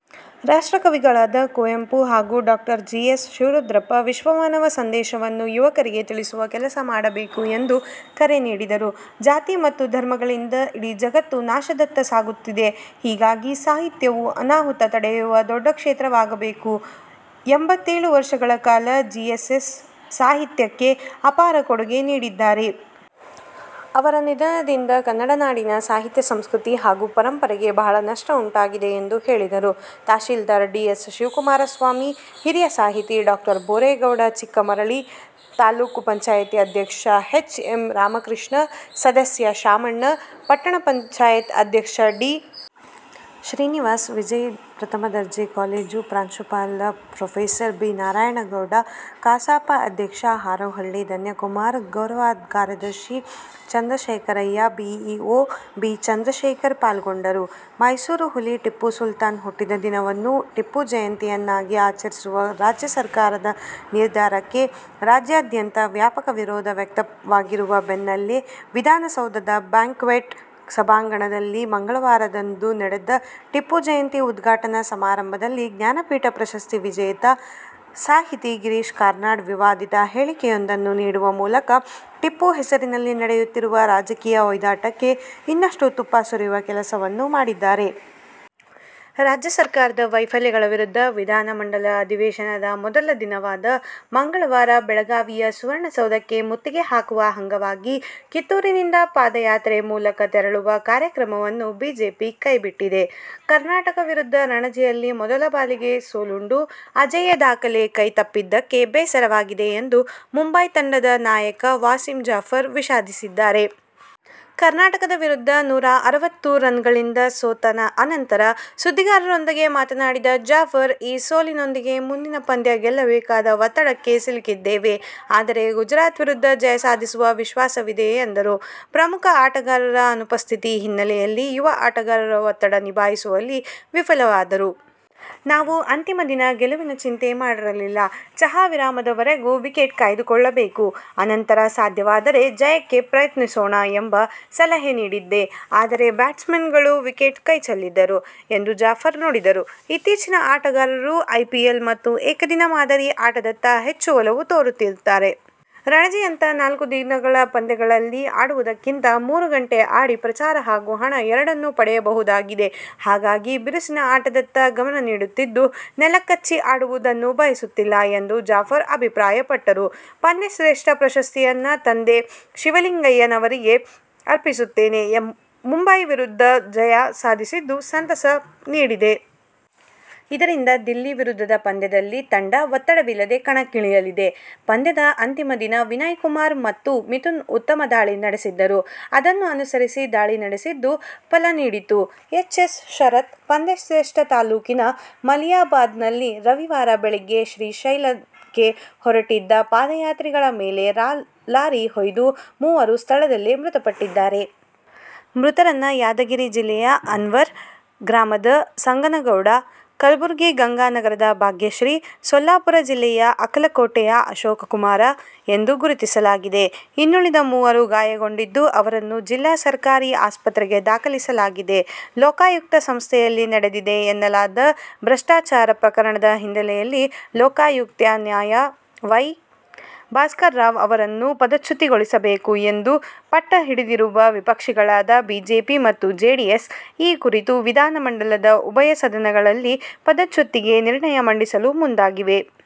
ರಾಷ್ಟ್ರಕವಿಗಳಾದ ಕುವೆಂಪು ಹಾಗೂ ಡಾ. G. S. Shivarudrappa ವಿಶ್ವಮಾನವ ಸಂದೇಶವನ್ನು ಯುವಕರಿಗೆ ತಿಳಿಸುವ ಕೆಲಸ ಮಾಡಬೇಕು ಎಂದು ಕರೆ ನೀಡಿದರು. ಜಾತಿ ಮತ್ತು ಧರ್ಮಗಳಿಂದ ಇಡೀ ಜಗತ್ತು ನಾಶದತ್ತ ಸಾಗುತ್ತಿದೆ. ಹೀಗಾಗಿ ಸಾಹಿತ್ಯವು ಅನಾಹುತ ತಡೆಯುವ ದೊಡ್ಡ ಕ್ಷೇತ್ರವಾಗಬೇಕು. ಎಂಬತ್ತೇಳು ವರ್ಷಗಳ ಕಾಲ ಜಿಎಸ್ಎಸ್ ಸಾಹಿತ್ಯಕ್ಕೆ ಅಪಾರ ಕೊಡುಗೆ ನೀಡಿದ್ದಾರೆ. ಅವರ ನಿಧನದಿಂದ ಕನ್ನಡ ನಾಡಿನ ಸಾಹಿತ್ಯ, ಸಂಸ್ಕೃತಿ ಹಾಗೂ ಪರಂಪರೆಗೆ ಬಹಳ ನಷ್ಟ ಉಂಟಾಗಿದೆ ಎಂದು ಹೇಳಿದರು. ತಹಶೀಲ್ದಾರ್ ಡಿ. ಎಸ್. ಶಿವಕುಮಾರಸ್ವಾಮಿ, ಹಿರಿಯ ಸಾಹಿತಿ ಡಾ. ಬೋರೇಗೌಡ ಚಿಕ್ಕಮರಳಿ, ತಾ. ಪಂ ಅಧ್ಯಕ್ಷ ಎಚ್. ಎಂ. ರಾಮಕೃಷ್ಣ, ಸದಸ್ಯ ಶಾಮಣ್ಣ, ಪ. ಪಂ ಅಧ್ಯಕ್ಷ ಡಿ. ಶ್ರೀನಿವಾಸ್, ವಿಜಯ ಪ್ರಥಮ ದರ್ಜೆ ಕಾಲೇಜು ಪ್ರಾಂಶುಪಾಲ ಪ್ರೊಫೆಸರ್. ಬಿ. ನಾರಾಯಣಗೌಡ, ಕಸಾಪ ಅಧ್ಯಕ್ಷ ಹಾರೋಹಳ್ಳಿ ಧನ್ಯಕುಮಾರ್, ಗೌ. ಕಾರ್ಯದರ್ಶಿ ಚಂದ್ರಶೇಖರಯ್ಯ, ಬಿಇಒ ಬಿ. ಚಂದ್ರಶೇಖರ್ ಪಾಲ್ಗೊಂಡರು. ಮೈಸೂರು ಹುಲಿ ಟಿಪ್ಪೂ ಸುಲ್ತಾನ್ ಹುಟ್ಟಿದ ದಿನವನ್ನು ಟಿಪ್ಪು ಜಯಂತಿಯನ್ನಾಗಿ ಆಚರಿಸುವ ರಾಜ್ಯ ಸರಕಾರದ ನಿರ್ಧಾರಕ್ಕೆ ರಾಜ್ಯಾದ್ಯಂತ ವ್ಯಾಪಕ ವಿರೋಧ ವ್ಯಕ್ತವಾಗಿರುವ ಬೆನ್ನಲ್ಲೇ, ವಿಧಾನ ಸೌಧದ ಬ್ಯಾಂಕ್ವೆಟ್ ಸಭಾಂಗಣದಲ್ಲಿ ಮಂಗಳವಾರದಂದು ನಡೆದ ಟಿಪ್ಪು ಜಯಂತಿ ಉದ್ಘಾಟನಾ ಸಮಾರಂಭದಲ್ಲಿ ಜ್ಞಾನಪೀಠ ಪ್ರಶಸ್ತಿ ವಿಜೇತ ಸಾಹಿತಿ ಗಿರೀಶ್ ಕಾರ್ನಾಡ್ ವಿವಾದಿತ ಹೇಳಿಕೆಯೊಂದನ್ನು ನೀಡುವ ಮೂಲಕ ಟಿಪ್ಪು ಹೆಸರಿನಲ್ಲಿ ನಡೆಯುತ್ತಿರುವ ರಾಜಕೀಯ ಹೊಯ್ದಾಟಕ್ಕೆ ಇನ್ನಷ್ಟು ತುಪ್ಪ ಸುರಿಯುವ ಕೆಲಸವನ್ನು ಮಾಡಿದ್ದಾರೆ. ರಾಜ್ಯ ಸರ್ಕಾರದ ವೈಫಲ್ಯಗಳ ವಿರುದ್ಧ ವಿಧಾನಮಂಡಲ ಅಧಿವೇಶನದ ಮೊದಲ ದಿನವಾದ ಮಂಗಳವಾರ ಬೆಳಗಾವಿಯ ಸುವರ್ಣಸೌಧಕ್ಕೆ ಮುತ್ತಿಗೆ ಹಾಕುವ ಅಂಗವಾಗಿ ಕಿತ್ತೂರಿನಿಂದ ಪಾದಯಾತ್ರೆ ಮೂಲಕ ತೆರಳುವ ಕಾರ್ಯಕ್ರಮವನ್ನು ಬಿಜೆಪಿ ಕೈಬಿಟ್ಟಿದೆ. ಕರ್ನಾಟಕ ವಿರುದ್ಧ ರಣಜಿಯಲ್ಲಿ ಮೊದಲ ಬಾರಿಗೆ ಸೋಲುಂಡು ಅಜೇಯ ದಾಖಲೆ ಕೈ ತಪ್ಪಿದ್ದಕ್ಕೆ ಬೇಸರವಾಗಿದೆ ಎಂದು ಮುಂಬಯಿ ತಂಡದ ನಾಯಕ ವಾಸಿಂ ಜಾಫರ್ ವಿಷಾದಿಸಿದ್ದಾರೆ. ಕರ್ನಾಟಕ ವಿರುದ್ಧ ನೂರಾ ಅರವತ್ತು ರನ್ಗಳಿಂದ ಸೋತ ಅನಂತರ ಸುದ್ದಿಗಾರರೊಂದಿಗೆ ಮಾತನಾಡಿದ ಜಾಫರ್, ಈ ಸೋಲಿನೊಂದಿಗೆ ಮುಂದಿನ ಪಂದ್ಯ ಗೆಲ್ಲಬೇಕಾದ ಒತ್ತಡಕ್ಕೆ ಸಿಲುಕಿದ್ದೇವೆ. ಆದರೆ ಗುಜರಾತ್ ವಿರುದ್ಧ ಜಯ ಸಾಧಿಸುವ ವಿಶ್ವಾಸವಿದೆ ಎಂದರು. ಪ್ರಮುಖ ಆಟಗಾರರ ಅನುಪಸ್ಥಿತಿ ಹಿನ್ನೆಲೆಯಲ್ಲಿ ಯುವ ಆಟಗಾರರು ಒತ್ತಡ ನಿಭಾಯಿಸುವಲ್ಲಿ ವಿಫಲರಾದರು. ನಾವು ಅಂತಿಮ ದಿನ ಗೆಲುವಿನ ಚಿಂತೆ ಮಾಡಿರಲಿಲ್ಲ. ಚಹಾ ವಿರಾಮದವರೆಗೂ ವಿಕೆಟ್ ಕಾಯ್ದುಕೊಳ್ಳಬೇಕು. ಅನಂತರ ಸಾಧ್ಯವಾದರೆ ಜಯಕ್ಕೆ ಪ್ರಯತ್ನಿಸೋಣ ಎಂಬ ಸಲಹೆ ನೀಡಿದ್ದೆ. ಆದರೆ ಬ್ಯಾಟ್ಸ್ಮನ್ಗಳು ವಿಕೆಟ್ ಕೈ ಚೆಲ್ಲಿದರು ಎಂದು ಜಾಫರ್ ನುಡಿದರು. ಇತ್ತೀಚಿನ ಆಟಗಾರರು ಐಪಿಎಲ್ ಮತ್ತು ಏಕದಿನ ಮಾದರಿ ಆಟದತ್ತ ಹೆಚ್ಚು ಒಲವು ತೋರುತ್ತಿರುತ್ತಾರೆ. ರಣಜಿಯಂಥ ನಾಲ್ಕು ದಿನಗಳ ಪಂದ್ಯಗಳಲ್ಲಿ ಆಡುವುದಕ್ಕಿಂತ ಮೂರು ಗಂಟೆ ಆಡಿ ಪ್ರಚಾರ ಹಾಗೂ ಹಣ ಎರಡನ್ನೂ ಪಡೆಯಬಹುದಾಗಿದೆ. ಹಾಗಾಗಿ ಬಿರುಸಿನ ಆಟದತ್ತ ಗಮನ ನೀಡುತ್ತಿದ್ದು ನೆಲಕಚ್ಚಿ ಆಡುವುದನ್ನು ಬಯಸುತ್ತಿಲ್ಲ ಎಂದು ಜಾಫರ್ ಅಭಿಪ್ರಾಯಪಟ್ಟರು. ಪಂದ್ಯಶ್ರೇಷ್ಠ ಪ್ರಶಸ್ತಿಯನ್ನು ತಂದೆ ಶಿವಲಿಂಗಯ್ಯ ಅವರಿಗೆ ಅರ್ಪಿಸುತ್ತೇನೆ. ಮುಂಬಯಿ ವಿರುದ್ಧ ಜಯ ಸಾಧಿಸಿದ್ದು ಸಂತಸ ನೀಡಿದೆ. ಇದರಿಂದ ದಿಲ್ಲಿ ವಿರುದ್ಧದ ಪಂದ್ಯದಲ್ಲಿ ತಂಡ ಒತ್ತಡವಿಲ್ಲದೇ ಕಣಕ್ಕಿಳಿಯಲಿದೆ. ಪಂದ್ಯದ ಅಂತಿಮ ದಿನ ವಿನಯ್ಕುಮಾರ್ ಮತ್ತು ಮಿಥುನ್ ಉತ್ತಮ ದಾಳಿ ನಡೆಸಿದ್ದರು. ಅದನ್ನು ಅನುಸರಿಸಿ ದಾಳಿ ನಡೆಸಿದ್ದು ಫಲ ನೀಡಿತು. ಎಚ್. ಎಸ್. ಶರತ್, ಪಂದ್ಯಶ್ರೇಷ್ಠ ತಾಲೂಕಿನ ಮಲಿಯಾಬಾದ್ನಲ್ಲಿ ರವಿವಾರ ಬೆಳಗ್ಗೆ ಶ್ರೀಶೈಲಕ್ಕೆ ಹೊರಟಿದ್ದ ಪಾದಯಾತ್ರಿಗಳ ಮೇಲೆ ಲಾರಿ ಹಾಯ್ದು ಮೂವರು ಸ್ಥಳದಲ್ಲೇ ಮೃತಪಟ್ಟಿದ್ದಾರೆ. ಮೃತರನ್ನು ಯಾದಗಿರಿ ಜಿಲ್ಲೆಯ ಅನ್ವರ್ ಗ್ರಾಮದ ಸಂಗನಗೌಡ, ಕಲಬುರಗಿ ಗಂಗಾನಗರದ ಭಾಗ್ಯಶ್ರೀ, ಸೊಲ್ಲಾಪುರ ಜಿಲ್ಲೆಯ ಅಕ್ಕಲ ಕೋಟೆಯ ಅಶೋಕಕುಮಾರ ಎಂದು ಗುರುತಿಸಲಾಗಿದೆ. ಇನ್ನುಳಿದ ಮೂವರು ಗಾಯಗೊಂಡಿದ್ದು, ಅವರನ್ನು ಜಿಲ್ಲಾ ಸರಕಾರಿ ಆಸ್ಪತ್ರೆಗೆ ದಾಖಲಿಸಲಾಗಿದೆ. ಲೋಕಾಯುಕ್ತ ಸಂಸ್ಥೆಯಲ್ಲಿ ನಡೆದಿದೆ ಎನ್ನಲಾದ ಭ್ರಷ್ಟಾಚಾರ ಪ್ರಕರಣದ ಹಿನ್ನೆಲೆಯಲ್ಲಿ ಲೋಕಾಯುಕ್ತ ನ್ಯಾ ವೈ. ಭಾಸ್ಕರ ರಾವ್ ಅವರನ್ನು ಪದಚ್ಯುತಗೊಳಿಸಬೇಕು ಎಂದು ಪಟ್ಟುಹಿಡಿದಿರುವ ವಿಪಕ್ಷಗಳಾದ ಬಿಜೆಪಿ ಮತ್ತು ಜೆಡಿಎಸ್, ಈ ಕುರಿತು ವಿಧಾನ ಮಂಡಲದ ಉಭಯ ಸದನಗಳಲ್ಲಿ ಪದಚ್ಯುತಿಗೆ ನಿರ್ಣಯ ಮಂಡಿಸಲು ಮುಂದಾಗಿವೆ.